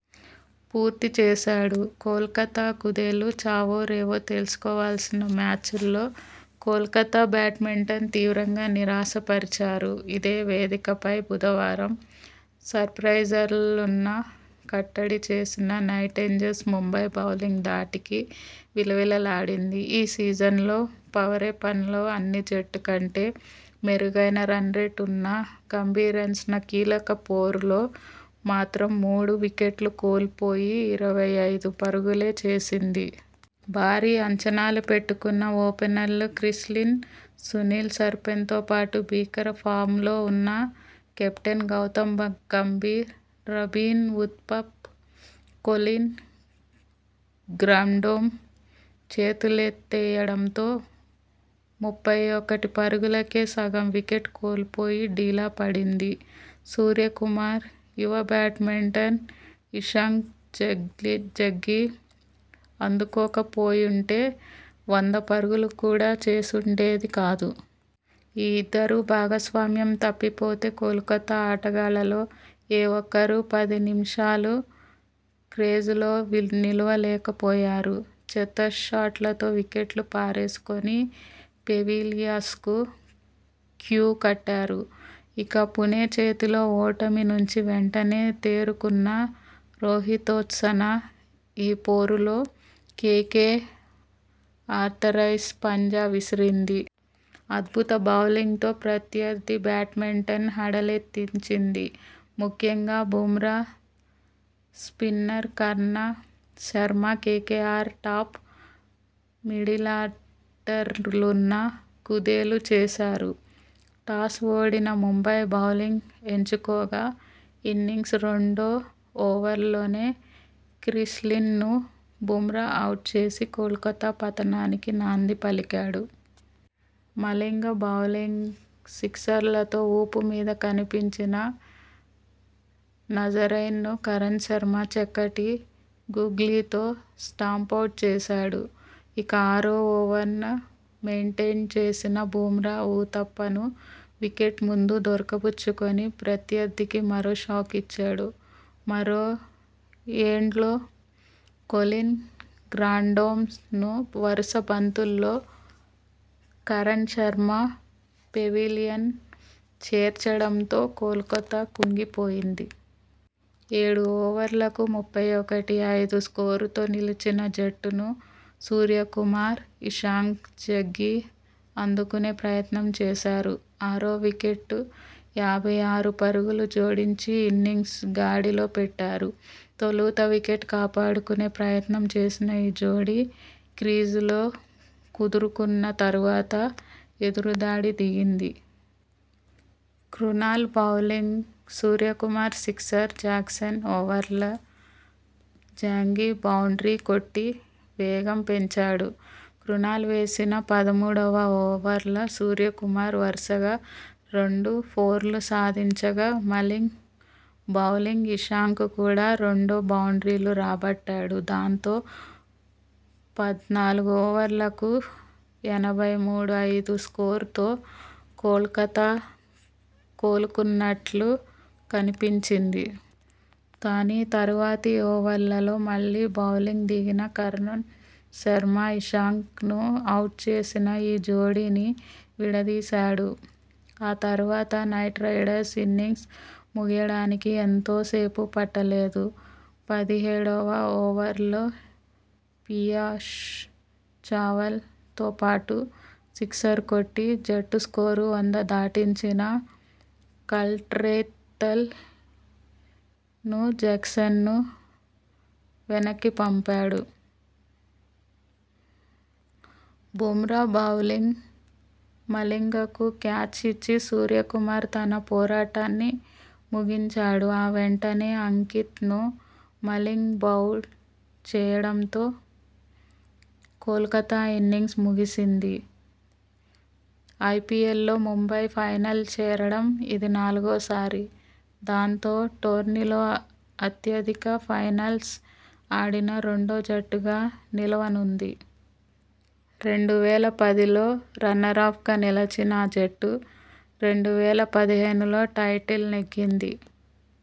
పూర్తి చేశాడు. కోల్కతా కుదేలు చావోరేవో తేల్చుకోవాల్సిన మ్యాచ్లో కోల్కతా బ్యాట్స్మెన్ తీవ్రంగా నిరాశ పరిచారు. ఇదే వేదికపై బుధవారం సన్రైజర్స్ను కట్టడి చేసిన నైట్రైడర్స్ ముంబై బౌలింగ్ ధాటికి విలవిల్లాడింది. ఈ సీజన్లో పవర్ప్లేలో అన్ని జట్ల కంటే మెరుగైన రన్రేట్ ఉన్న గంభీర్సేన కీలక పోరులో మాత్రం మూడు వికెట్లు కోల్పోయి ఇరవై ఐదు పరుగులే చేసింది. భారీ అంచనాలు పెట్టుకున్న ఓపెనర్లు క్రిస్ లిన్, సునీల్ నరైన్తో పాటు భీకర ఫామ్లో ఉన్న captain Gautam Gambhir, Robin Uthappa, Colin Grandhomme చేతులెత్తేయడంతో ముప్పై ఒకటి పరుగులకే సగం వికెట్లు కోల్పోయి డీలా పడింది. సూర్యకుమార్, యువ బ్యాట్స్మన్ ఇషాంక్ జగ్గీ ఆదుకోకపోయుంటే వంద పరుగులు కూడా చేసుండేది కాదు. ఈ ఇద్దరి భాగస్వామ్యం తప్పితే కోల్కతా ఆటగాళ్లలో ఏ ఒక్కరూ పది నిమిషాలు క్రీజులో నిలువ లేకపోయారు. చెత్త షాట్లతో వికెట్లు పారేసుకొని పెవిలియన్కు క్యూ కట్టారు. ఇక, పుణె చేతిలో ఓటమి నుంచి వెంటనే తేరుకున్న రోహిత్సేన ఈ పోరులో కేకేఆర్పై పంజా విసిరింది. అద్భుత బౌలింగ్తో ప్రత్యర్థి బ్యాట్స్మెన్ను హడె లెత్తించింది. ముఖ్యంగా Bumrah, spinner Karn Sharma KKR top, మిడిలార్డర్ను కుదేలు చేశారు. టాస్ ఓడిన ముంబై బౌలింగ్ ఎంచుకోగా ఇన్నింగ్స్ రెండో ఓవర్లోనే క్రిస్ లిన్ ను బుమ్రా అవుట్ చేసి కోల్కతా పతనానికి నాంది పలికాడు. మలింగ బౌలింగ్లో సిక్సర్తో ఊపు మీద కనిపించిన నరైన్ ను కర్ణ్ శర్మ చక్కటి గూగ్లీతో స్టంపౌట్ చేశాడు. ఇక, ఆరో ఓవర్ను మెయిడెన్ చేసిన బుమ్రా ఊతప్ప ను వికెట్ల ముందు దొరక బుచ్చుకొని ప్రత్యర్థికి మరో షాకిచ్చాడు. మరో ఎండ్లో జాగ్రత్తగా ఆడుతున్న గంభీర్ తో పాటు కొలిన్ గ్రాండ్హోమ్ ను వరుస బంతుల్లో కర్ణ్ శర్మ పెవిలియన్ చేర్చడంతో కోల్కతా కుంగిపోయింది. ఏడు ఓవర్లకు ముప్పై ఒకటి, ఐదు స్కోరుతో నిలిచిన జట్టును సూర్యకుమార్, ఇషాంక్ జగ్గీ ఆదుకునే ప్రయత్నం చేశారు. ఆరో వికెట్కు యాభై ఆరు పరుగులు జోడించి ఇన్నింగ్స్ను గాడిలో పెట్టారు. తొలుత వికెట్ కాపాడుకునే ప్రయత్నం చేసిన ఈ జోడీ క్రీజులో కుదురుకున్న తర్వాత ఎదురు దాడికి దిగింది. క్రునాల్ బౌలింగ్లో సూర్యకుమార్ సిక్సర్, జాన్సన్ ఓవర్లో జగ్గీ బౌండ్రీ కొట్టి వేగం పెంచారు. క్రునాల్ వేసిన పదమూడువ ఓవర్లో సూర్యకుమార్ వరుసగా రెండు ఫోర్లు సాధించగా మలింగ బౌలింగ్లో ఇషాంక్ కూడా రెండు బౌండ్రీలు రాబట్టాడు. దాంతో పద్నాలుగు ఓవర్లకు ఎనభై మూడు, ఐదు స్కోరుతో కోల్కతా కోలుకున్నట్లు కనిపించింది. కానీ, తర్వాతి ఓవర్లో మళ్లీ బౌలింగ్కు దిగిన కర్ణ్ శర్మ ఇషాంక్ను అవుట్ చేసి ఈ జోడీని విడదీశాడు. ఆ తర్వాత నైట్ రైడర్స్ ఇన్నింగ్స్ ముగియడానికి ఎంతో సేపు పట్టలేదు. పదిహేడువ ఓవర్లో పియూష్ చావ్లా తో పాటు సిక్సర్ కొట్టి జట్టు స్కోరు వంద దాటించిన కల్టర్నైల్ ను జాన్సన్ వెనక్కిపంపాడు. బుమ్రా బౌలింగ్లో మలింగకు క్యాచ్ ఇచ్చి సూర్యకుమార్ తన పోరాటాన్ని ముగించాడు. ఆ వెంటనే అంకిత్ ను మలింగ బౌల్డ్ చేయడంతో కోల్కతా ఇన్నింగ్స్ ముగిసింది. ఐపీఎల్లో ముంబై ఫైనల్ చేరడం ఇది నాలుగోసారి. దాంతో, టోర్నీలో అత్యధిక ఫైనల్స్ ఆడిన రెండో జట్టుగా నిలవనుంది. రెండు వేల పదిలో రన్నరప్గా నిలిచిన ఆ జట్టు, రెండు వేల పదిహేనులో టైటిల్ నెగ్గింది.